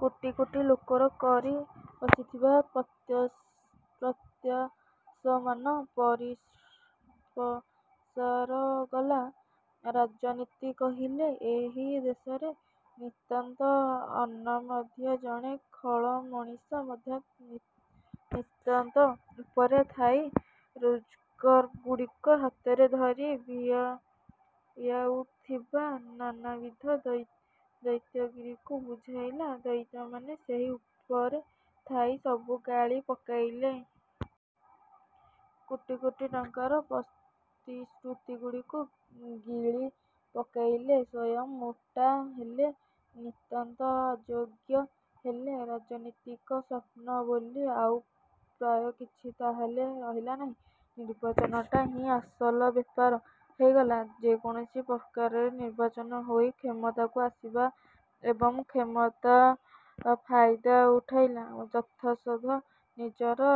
କୋଟି କୋଟି ଲୋକ କରି ବସିଥିବା ପ୍ରତ୍ୟାଶାମାନ ପାସୋର ଗଲା। ରାଜନୀତି କହିଲେ ଏହି ଦେଶରେ ନିତାନ୍ତ ଅନାମଧେୟ ଜଣେ ଖଳ ମଣିଷ ମଧ୍ୟ ନିତାନ୍ତ ଉପରେ ଥାଇ ରଜ୍ଜୁଗୁଡ଼ାକୁ ହାତରେ ଧରି ଭିଆଉଥିବା ନାନାବିଧ ଦୈତ୍ୟଗିରିକୁ ବୁଝାଇଲା। ଦୈତ୍ୟମାନେ ସେହି ଉପରେ ଥାଇ ସବୁ ଗିଳି ପକାଇଲେ। କୋଟି କୋଟି ଟଙ୍କାର ପ୍ରତିଶ୍ରୁତିଗୁଡ଼ିକୁ ଗିଳି ପକାଇଲେ, ସ୍ଵୟଂ ମୋଟା ହେଲେ, ନିତାନ୍ତ ଅଯୋଗ୍ୟ ହେଲେ। ରାଜନୀତିକ ସ୍ୱପ୍ନ ବୋଲି ଆଉ ପ୍ରାୟ କିଛି ହେଲେ ରହିଲା ନାହିଁ। ନିର୍ବାଚନଟା ହିଁ ଅସଲ ବେପାର ହୋଇଗଲା। ଯେକୌଣସି ପ୍ରକାରେ ନିର୍ବାଚିତ ହୋଇ କ୍ଷମତାକୁ ଆସିବା ଏବଂ କ୍ଷମତାରୁ ଫାଇଦା ଉଠାଇ ଯଥାସାଧ୍ୟ ନିଜର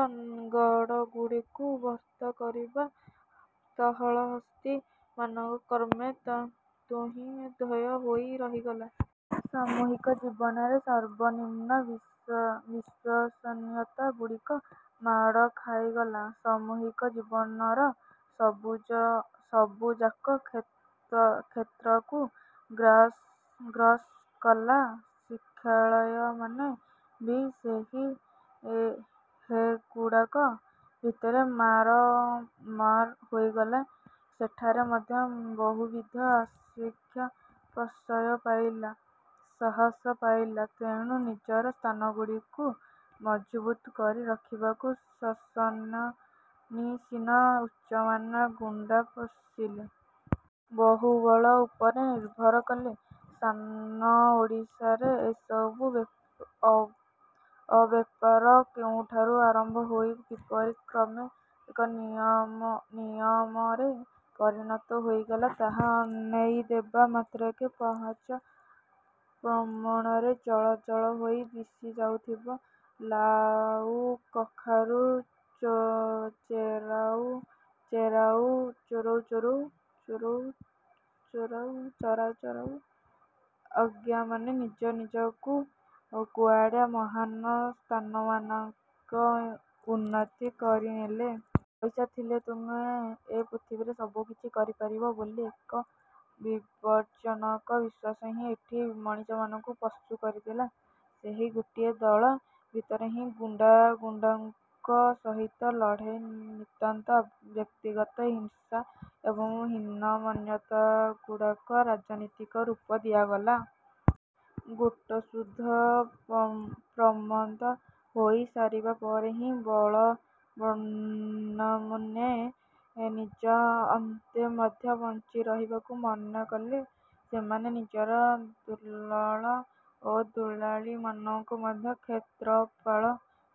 ଗାଡ଼ଗୁଡ଼ାକୁ ଭର୍ତ୍ତି କରିବା କାଳହସ୍ତୀ ମାନଙ୍କର କ୍ରମେ ତାହାହିଁ ଧ୍ୟେୟ ହୋଇ ରହିଗଲା। ସାମୂହିକ ଜୀବନର ସର୍ବନିମ୍ନ ବିଶ୍ୱସନୀୟତା ଗୁଡ଼ିକ ମାଡ଼ ଖାଇଗଲା, ସାମୂହିକ ଜୀବନର ସବୁଯାକ କ୍ଷେତ୍ରକୁ ଗ୍ରାସ କଲା। ଶିକ୍ଷାଳୟମାନେ ବି ସେହି ହୋ ଗୁଡ଼ାକ ଭିତରେ ମାରା ହୋଇଗଲେ। ସେଠାରେ ମଧ୍ୟ ବହୁବିଧ ଅଶିକ୍ଷା ପ୍ରଶ୍ରୟ ପାଇଲା, ସାହସ ପାଇଲା। ତେଣୁ, ନିଜର ସ୍ଥାନଗୁଡ଼ିକୁ ମଜବୁତ କରି ରଖିବାକୁ ଶାସନାସୀନ ଉଚ୍ଚମାନେ ଗୁଣ୍ଡା ପୋଷିଲେ। ବାହୁବଳ ଉପରେ ନିର୍ଭର କଲେ। ସାନ ଓଡ଼ିଶାରେ ଏସବୁ ଅବ୍ୟାପାର କେଉଁଠାରୁ ଆରମ୍ଭ ହୋଇ କିପରି କ୍ରମେ ଏକ ନିୟମରେ ପରିଣତ ହୋଇଗଲା ତାହା ଅନାଇଦେବା ମାତ୍ରକେ ପାହାଚ ପ୍ରମାଣେ ଜଳ ଜଳ ହୋଇ ଦିଶି ଯାଉଥିବ। ଲାଉ କଖାରୁ ଚୋରାଉ ଚୋରାଉ ଆଜ୍ଞାମାନେ ନିଜ ନିଜକୁ କେଡ଼େ ମହାନ୍ ସ୍ଥାନମାନଙ୍କୁ ଉନ୍ନୀତ କରିନେଲେ। ପଇସା ଥିଲେ ତୁମେ ଏ ପୃଥିବୀରେ ସବୁକିଛି କରିପାରିବ ବୋଲି ଏକ ବିପଜ୍ଜନକ ବିଶ୍ୱାସ ହିଁ ଏଠି ମଣିଷମାନଙ୍କୁ ପଶୁ କରିଦେଲା। ସେହି ଗୋଟିଏ ଦଳ ଭିତରେ ହିଁ ଗୁଣ୍ଡା ଗୁଣ୍ଡାଙ୍କ ସହିତ ଲଢ଼େଇ। ନିତାନ୍ତ ବ୍ୟକ୍ତିଗତ ଈର୍ଷା ଏବଂ ହୀନମନ୍ୟତା ଗୁଡ଼ାକୁ ରାଜନୀତିକ ରୂପ ଦିଆଗଲା। ଗୋଟାସୁଦ୍ଧା ପ୍ରମତ୍ତ ହୋଇ ସାରିବା ପରେ ଏହି ବଳବାନ୍ମାନେ ନିଜ ଅନ୍ତେ ମଧ୍ୟ ବଞ୍ଚି ରହିବାକୁ ମନ କଲେ। ସେମାନେ ନିଜର ଦୁଲାଳ ଓ ଦୁଲାଳୀ ମାନଙ୍କୁ ମଧ୍ୟ କ୍ଷେତ୍ରପାଳ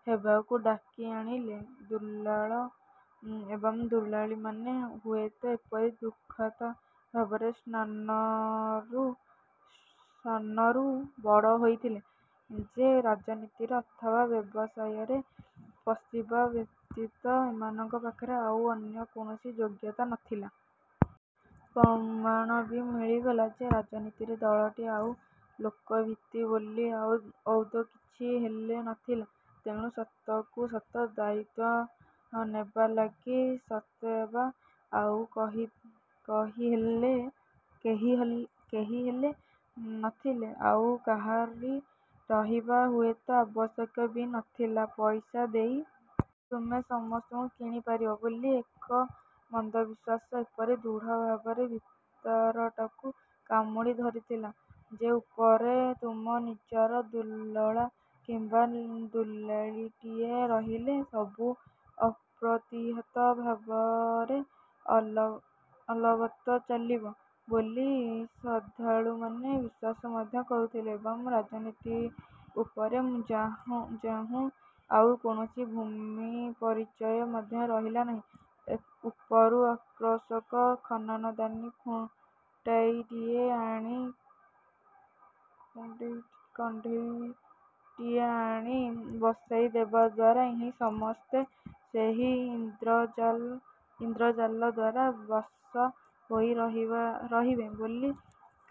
ହେବାକୁ ଡାକି ଆଣିଲେ। ଦୁଲାଳ ଏବଂ ଦୁଲାଳୀମାନେ ହୁଏତ ଏପରି ଦୁଃଖଦ ଭାବରେ ସାନରୁ ବଡ଼ ହୋଇଥିଲେ ଯେ ରାଜନୀତି ଅଥବା ବ୍ୟବସାୟରେ ପଶିବା ବ୍ୟତୀତ ଏମାନଙ୍କ ପାଖରେ ଆଉ ଅନ୍ୟ କୌଣସି ଯୋଗ୍ୟତା ନଥିଲା। ପ୍ରମାଣ ବି ମିଳିଗଲା ଯେ ରାଜନୀତିକ ଦଳଟିର ଆଉ ଲୋକଭିତ୍ତି ବୋଲି ଆଉ ଆଦୌ କିଛି ହେଲେ ନଥିଲା। ତେଣୁ ସତକୁ ସତ ଦାୟିତ୍ୱ ନେବା ଲାଗି ସତେଅବା ଆଉ କେହିହେଲେ ନଥିଲେ, ଆଉ କାହାରି ରହିବା ହୁଏତ ଆବଶ୍ୟକ ବି ନଥିଲା। ପଇସା ଦେଇ ତୁମେ ସମସ୍ତଙ୍କୁ କିଣିପାରିବ ବୋଲି ଏକ ମନ୍ଦବିଶ୍ୱାସ ଏପରି ଦୃଢ଼ ଭାବରେ ଭିତରଟାକୁ କାମୁଡ଼ି ଧରିଥିଲା ଯେ, ଉପରେ ତୁମ ନିଜର ଦୁଲାଳ କିମ୍ବା ଦୁଲାଳୀଟିଏ ରହିଲେ ସବୁ ଅପ୍ରତିହତ ଭାବରେ ଅଲବତ ଚାଲିବ ବୋଲି ଶାର୍ଦ୍ଦୂଳମାନେ ବିଶ୍ୱାସ ମଧ୍ୟ କରୁଥିଲେ ଏବଂ ରାଜନୀତି ଉପରେ ଯହୁଁ ଆଉ କୌଣସି ଭୂମିପରିଚୟ ମଧ୍ୟ ରହିଲା ନାହିଁ, ଉପରୁ ଆକର୍ଷକ ଖାନଦାନୀ କଣ୍ଢେଇଟିଏ ଆଣି ବସାଇଦେବା ଦ୍ୱାରା ହିଁ ସମସ୍ତେ ସେହି ଇନ୍ଦ୍ରଜାଲ ଦ୍ୱାରା ବଶ ହୋଇ ରହିବେ ବୋଲି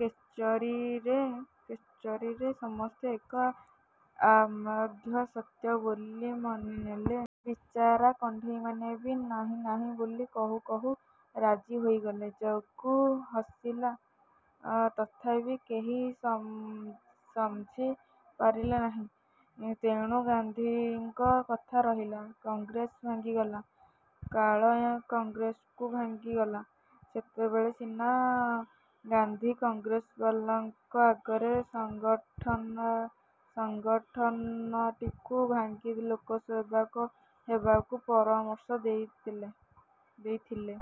କଚେରୀରେ ସମସ୍ତେ ଏକ ଅମୋଘ ସତ୍ୟ ବୋଲି ମାନିନେଲେ। ବିଚରା କଣ୍ଢେଇମାନେ ବି ନାହିଁ ନାହିଁ ବୋଲି କହୁ କହୁ ରାଜି ହୋଇଗଲେ। ଯୁଗ ହସିଲା, ତଥାପି କେହି ସମଝି ପାରିଲେ ନାହିଁ। ତେଣୁ ଗାନ୍ଧୀଙ୍କ କଥା ରହିଲା, କଂଗ୍ରେସ ଭାଙ୍ଗିଲା। କାଳ କଂଗ୍ରେସକୁ ଭାଙ୍ଗିଲା। ସେତେବେଳେ ସିନା ଗାନ୍ଧୀ କଂଗ୍ରେସବାଲାଙ୍କ ଆଗରେ ସଙ୍ଗଠନଟିକୁ ଭାଙ୍ଗି ଲୋକସେବକ ହେବାକୁ ପରାମର୍ଶ ଦେଇଥିଲେ।